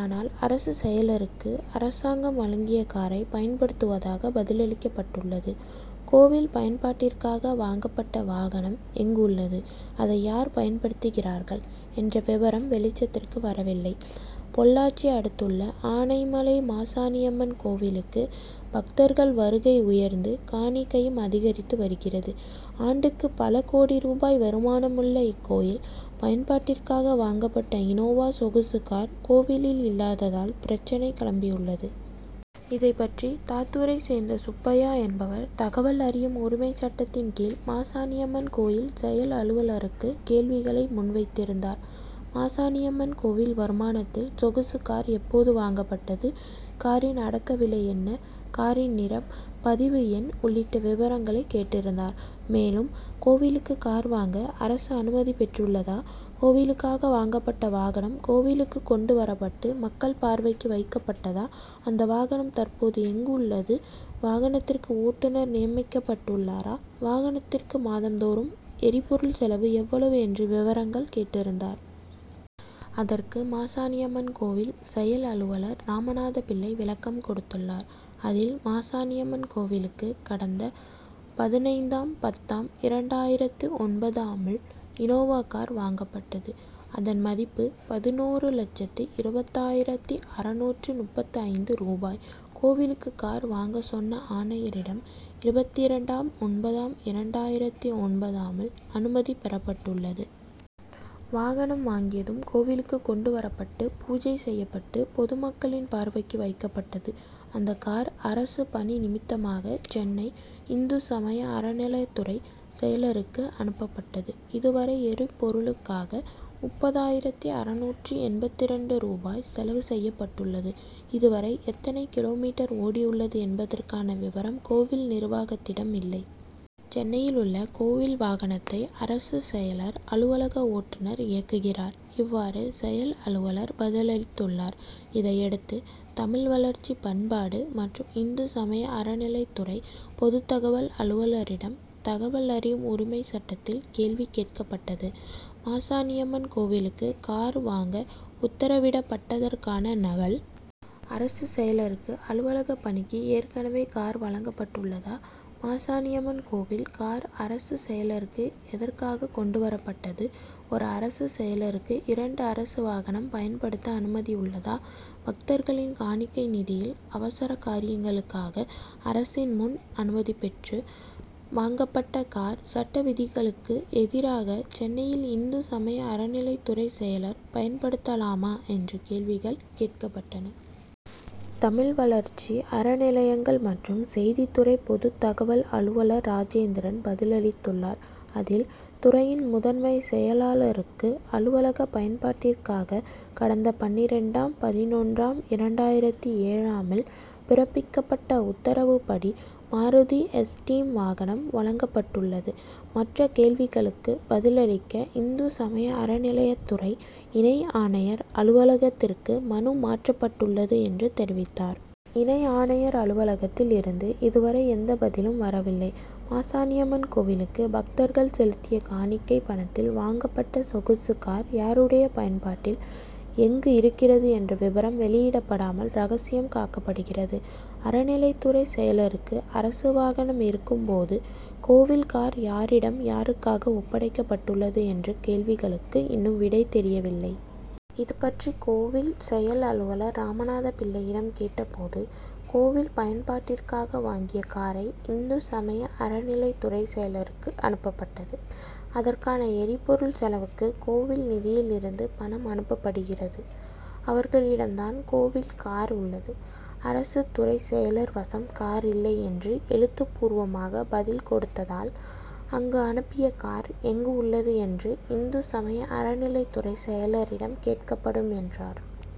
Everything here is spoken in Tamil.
ஆனால், அரசு செயலருக்கு அரசாங்கம் வழங்கிய காரை பயன்படுத்துவதாக பதிலளிக்கப்பட்டுள்ளது. கோவில் பயன்பாட்டிற்காக வாங்கப்பட்ட வாகனம் எங்குள்ளது? அதை யார் பயன்படுத்துகிறார்கள்? என்ற விபரம் வெளிச்சத்திற்கு வரவில்லை. பொள்ளாச்சி அடுத்துள்ள ஆனைமலை மாசாணியம்மன் கோவிலுக்கு பக்தர்கள் வருகை உயர்ந்து காணிக்கையும் அதிகரித்து வருகிறது. ஆண்டுக்கு பல கோடி ரூபாய் வருமானமுள்ள இக்கோவில் பயன்பாட்டிற்காக வாங்கப்பட்ட இனோவா சொகுசு கார், கோவிலில் இல்லாததால் பிரச்னை கிளம்பியுள்ளது. இதுபற்றி தாத்தூரை சேர்ந்த சுப்பையா என்பவர் தகவல் அறியும் உரிமைச்சட்டத்தின் கீழ் மாசாணியம்மன் கோவில் செயல்அலுவலருக்கு கேள்விகளை முன்வைத்திருந்தார். மாசாணியம்மன் கோவில் வருமானத்தில் சொகுசு கார் எப்போது வாங்கப்பட்டது, காரின் அடக்கவிலை என்ன, காரின் நிறம், பதிவு எண் உள்ளிட்ட விபரங்களை கேட்டிருந்தார். மேலும், கோவிலுக்கு கார் வாங்க அரசு அனுமதி பெறப்பட்டுள்ளதா, கோவிலுக்காக வாங்கப்பட்ட வாகனம் கோவிலுக்கு கொண்டு வரப்பட்டு மக்கள் பார்வைக்கு வைக்கப்பட்டதா, அந்த வாகனம் தற்போது எங்குள்ளது, வாகனத்திற்கு ஓட்டுனர் நியமிக்கப்பட்டுள்ளாரா, வாகனத்திற்கு மாதம் தோறும் எரிபொருள் செலவு எவ்வளவு என்ற விபரங்களையும் கேட்டிருந்தார். அதற்கு, மாசாணியம்மன் கோவில் செயல்அலுவலர் ராமநாதபிள்ளை விளக்கம் கொடுத்துள்ளார். அதில், மாசாணியம்மன் கோவிலுக்கு கடந்த பதினைந்தாம் பத்தாம் இரண்டாயிரத்து ஒன்பதாம்ல் இனோவா கார் வாங்கப்பட்டது. அதன் மதிப்பு பதினொரு லட்சத்து இருபதாயிரத்து அறுநூற்று முப்பத்தைந்து ரூபாய். கோவிலுக்கு கார் வாங்க சென்னை ஆணையரிடம் இருபத்திரண்டாம் ஒன்பதாம் இரண்டாயிரத்து ஒன்பதாம்ல் அனுமதி பெறப்பட்டுள்ளது. வாகனம் வாங்கியதும் கோவிலுக்கு கொண்டு வரப்பட்டு பூஜை செய்யப்பட்டு பொதுமக்களின் பார்வைக்கு வைக்கப்பட்டது. அந்த கார் அரசு பணி நிமித்தமாக சென்னை, இந்து சமய அறநிலையத்துறை செயலருக்கு அனுப்பப்பட்டது. இதுவரை எரிபொருளுக்காக முப்பத்தாறாயிரத்து அறுநூற்று எண்பத்திரண்டு ரூபாய் செலவு செய்யப்பட்டுள்ளது. இதுவரை எத்தனை கிலோமீட்டர் ஓடியுள்ளது என்பதற்கான விபரம் கோவில் நிர்வாகத்திடம் இல்லை. சென்னையிலுள்ள கோவில் வாகனத்தை அரசு செயலர் அலுவலக ஓட்டுனர் இயக்குகிறார். இவ்வாறு, செயல்அலுவலர் பதிலளித்துள்ளார். இதையடுத்து, தமிழ் வளர்ச்சி பண்பாடு மற்றும் இந்து சமய அறநிலையத்துறை பொதுத்தகவல் அலுவலரிடம் தகவல் அறியும் உரிமை சட்டத்தில் கேள்வி கேட்கப்பட்டது. மாசாணியம்மன் கோவிலுக்கு கார் வாங்க உத்தரவிடப்பட்டதற்கான நகல், அரசு செயலருக்கு அலுவலக பணிக்கு ஏற்கனவே கார் வழங்கப்பட்டுள்ளதா, மாசாணியம்மன் கோவில் கார் அரசு செயலருக்கு எதற்காக கொண்டு வரப்பட்டது, ஒரு அரசு செயலருக்கு இரண்டு அரசு வாகனம் பயன்படுத்த அனுமதியுள்ளதா, பக்தர்களின் காணிக்கை நிதியில் அவசர காரியங்களுக்காக அரசின் முன் அனுமதி பெற்று வாங்கப்பட்ட கார் சட்டவிதிகளுக்கு எதிராக சென்னையில் இந்து சமய அறநிலையத்துறை செயலர் பயன்படுத்தலாமா என்ற கேள்விகள் கேட்கப்பட்டன. தமிழ் வளர்ச்சி, அறநிலையங்கள் மற்றும் செய்தி துறை பொதுத் தகவல் அலுவலர் ராஜேந்திரன் பதிலளித்துள்ளார். அதில், துறையின் முதன்மை செயலாளருக்கு அலுவலக பயன்பாட்டிற்காக கடந்த பன்னிரண்டாம் பதினொன்றாம் இரண்டாயிரத்து ஏழாம்ல் பிறப்பிக்கப்பட்ட உத்தரவுப்படி மாருதி எஸ்டீம் வாகனம் வழங்கப்பட்டுள்ளது. மற்ற கேள்விகளுக்கு பதிலளிக்க இந்து சமய அறநிலையத்துறை இணை ஆணையர் அலுவலகத்திற்கு மனு மாற்றப்பட்டுள்ளது என்று தெரிவித்துள்ளார். இணை ஆணையர் அலுவலகத்தில் இருந்து இதுவரை எந்த பதிலும் வரவில்லை. மாசாணியம்மன் கோவிலுக்கு பக்தர்கள் செலுத்திய காணிக்கை பணத்தில் வாங்கப்பட்ட சொகுசு கார் யாருடைய பயன்பாட்டில், எங்கு இருக்கிறது என்ற விபரம் வெளியிடப்படாமல் ரகசியம் காக்கப்படுகிறது. அறநிலையத்துறை செயலருக்கு அரசு வாகனம் இருக்கும் போது, கோவில் கார் யாரிடம் யாருக்காக ஒப்படைக்கப்பட்டுள்ளது என்ற கேள்விகளுக்கு இன்னும் விடை தெரியவில்லை. இதுபற்றி கோவில் செயல்அலுவலர் ராமநாதபிள்ளையிடம் கேட்டபோது, கோவில் பயன்பாட்டிற்காக வாங்கிய காரை இந்து சமய அறநிலையத்துறை செயலருக்கு அனுப்பப்பட்டது. அதற்கான எரிபொருள் செலவுக்கு கோவில் நிதியில் இருந்து பணம் அனுப்பப்படுகிறது. அவர்களிடம் தான் கோவில் கார் உள்ளது. அரசு துறை செயலர் வசம் கார் இல்லை என்று எழுத்து பூர்வமாக பதில் கொடுத்தால், அங்கு அனுப்பிய கார் எங்குள்ளது என்று இந்து சமய அறநிலையத்துறை செயலரிடம் கேட்கப்படும் என்றார்.